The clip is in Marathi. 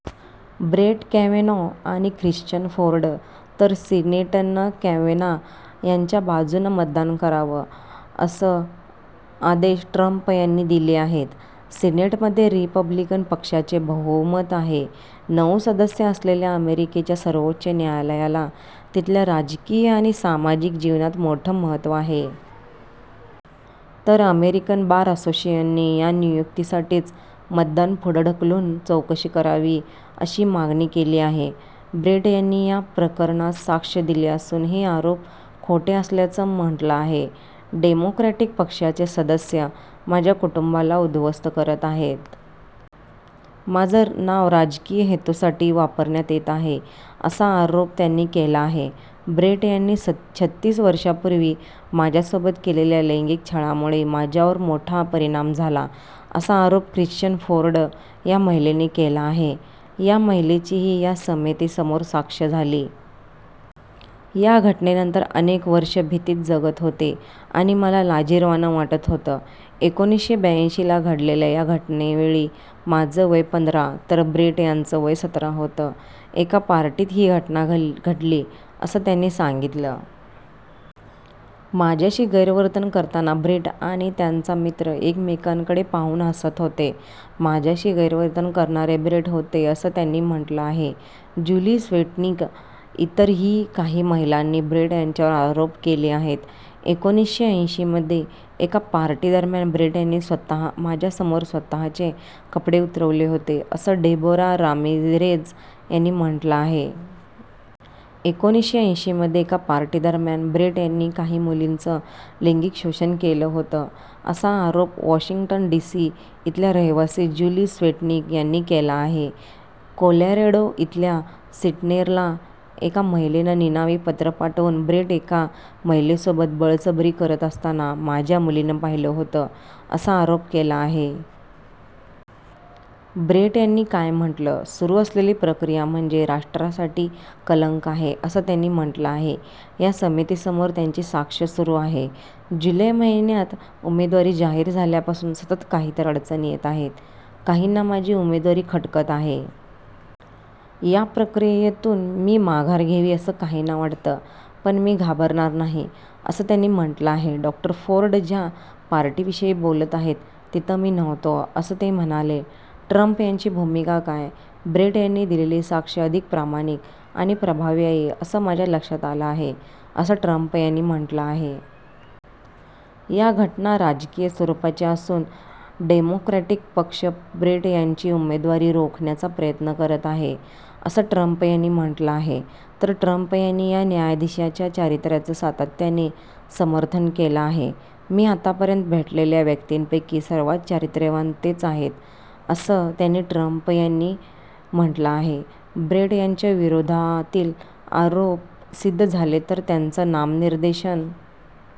ब्रेट कॅव्हेनॉ आणि ख्रिश्चिन फोर्ड तर सिनेटनं कॅव्हेनॉ यांच्या बाजूनं मतदान करावं, असे आदेश ट्रंप यांनी दिले आहेत. सिनेटमध्ये रिपब्लिकन पक्षाचे बहुमत आहे. नऊ सदस्य असलेल्या अमेरिकेच्या सर्वोच्च न्यायालयाला तिथल्या राजकीय आणि समाजिक जीवनात मोठं महत्त्व आहे. तर अमेरिकेन बार असोसिएशनने या नियुक्तीसाठीचं मतदान पुढं ढकलून चौकशी करावी अशी मागणी केली आहे. ब्रेट यांनी या प्रकरणास साक्ष दिली असून हे आरोप खोटे असल्याचं म्हटलं आहे. डेमोक्रॅटिक पक्षाचे सदस्य माझ्या कुटुंबाला उध्वस्थ करत आहेत. माझं नाव राजकीय हेतूसाठी वापरण्यात येत आहे, असा आरोप त्यांनी केला आहे. ब्रेट यांनी छत्तीस वर्षांपूर्वी माझ्यासोबत केलेल्या लैंगिक छळामुळे माझ्यावर मोठा परिणाम झाला, असा आरोप ख्रिश्चिन फोर्ड या महिलेने केला आहे. या महिलेचीही या समिती समोर साक्ष झाली. त्या घटनेनंतर अनेक वर्षं भीतीत जगत होते आणि मला लाजिरवाणं वाटत होतं. एकोणीसशे ब्याऐंशीला घडलेल्या या घटनेवेळी माझं वय पंधरा तर ब्रेट यांचं वय सतरा होतं. एका पार्टीत ही घटना घडली, असं त्यांनी सांगितलं. माझ्याशी गैरवर्तन करताना ब्रेट आणि त्यांचा मित्र एकमेकांकडे पाहून हसत होते. माझ्याशी गैरवर्तन करणारे ब्रेट होते, असं त्यांनी म्हटलं आहे. ज्यूली स्वेटनिक इतर ही काही महिलांनी ब्रेट यांच्यावर आरोप केले आहेत. एकोणीसशे ऐंशीमध्ये एका पार्टीदरम्यान ब्रेट यांनी माझ्यासमोर स्वत:चे कपडे उतरवले होते, असं डेबोरा रामिरेझ यांनी म्हटलं आहे. एकोणीसशे ऐंशीमध्ये एका पार्टीदरम्यान ब्रेट यांनी काही मुलींचं लैंगिक शोषण केलं होतं, असा आरोप वॉशिंग्टन डीसी इथल्या रहिवासी ज्यूली स्वेटनिक यांनी केला आहे. कोलॅरेडो इथल्या सिनेटरला एका महिलेनं निनावी पत्र पाठवून ब्रेट एका महिलेसोबत बळजबरी करत असताना माझ्या मुलीनं पाहिलं होतं, असा आरोप केला आहे. ब्रेट यांनी काय म्हटलं? सुरू असलेली प्रक्रिया म्हणजे राष्ट्रासाठी कलंक आहे, असं त्यांनी म्हटलं आहे. या समितीसमोर त्यांची साक्ष सुरू आहे. जुलै महिन्यात उमेदवारी जाहीर झाल्यापासून सतत काहीतर अडचणी येत आहेत. काहींना माझी उमेदवारी खटकत आहे. या प्रक्रियेतून मी माघार घ्यावी, असं काहींना वाटतं. पण मी घाबरणार नाही, असं त्यांनी म्हटलं आहे. डॉ. फोर्ड ज्या पार्टीविषयी बोलत आहेत, तिथं मी नव्हतो, असं ते म्हणाले. ट्रंप यांची भूमिका काय? ब्रेट यांनी दिलेली साक्ष अधिक प्रामाणिक आणि प्रभावी आहे असं माझ्या लक्षात आलं आहे, असं ट्रंप यांनी म्हटलं आहे. या घटना राजकीय स्वरूपाच्या असून डेमोक्रॅटिक पक्ष ब्रेट यांची उमेदवारी रोखण्याचा प्रयत्न करत आहे, असं ट्रंप यांनी म्हटलं आहे. तर ट्रंप यांनी या न्यायाधीशाच्या चारित्र्याचं सातत्याने समर्थन केलं आहे. मी आतापर्यंत भेटलेल्या व्यक्तींपैकी सर्वांत चारित्र्यवान तेच आहेत, असं त्यांनी ट्रंप यांनी म्हटलं आहे. ब्रेट यांच्या विरोधातील आरोप सिद्ध झाले तर त्यांचं नामनिर्देशन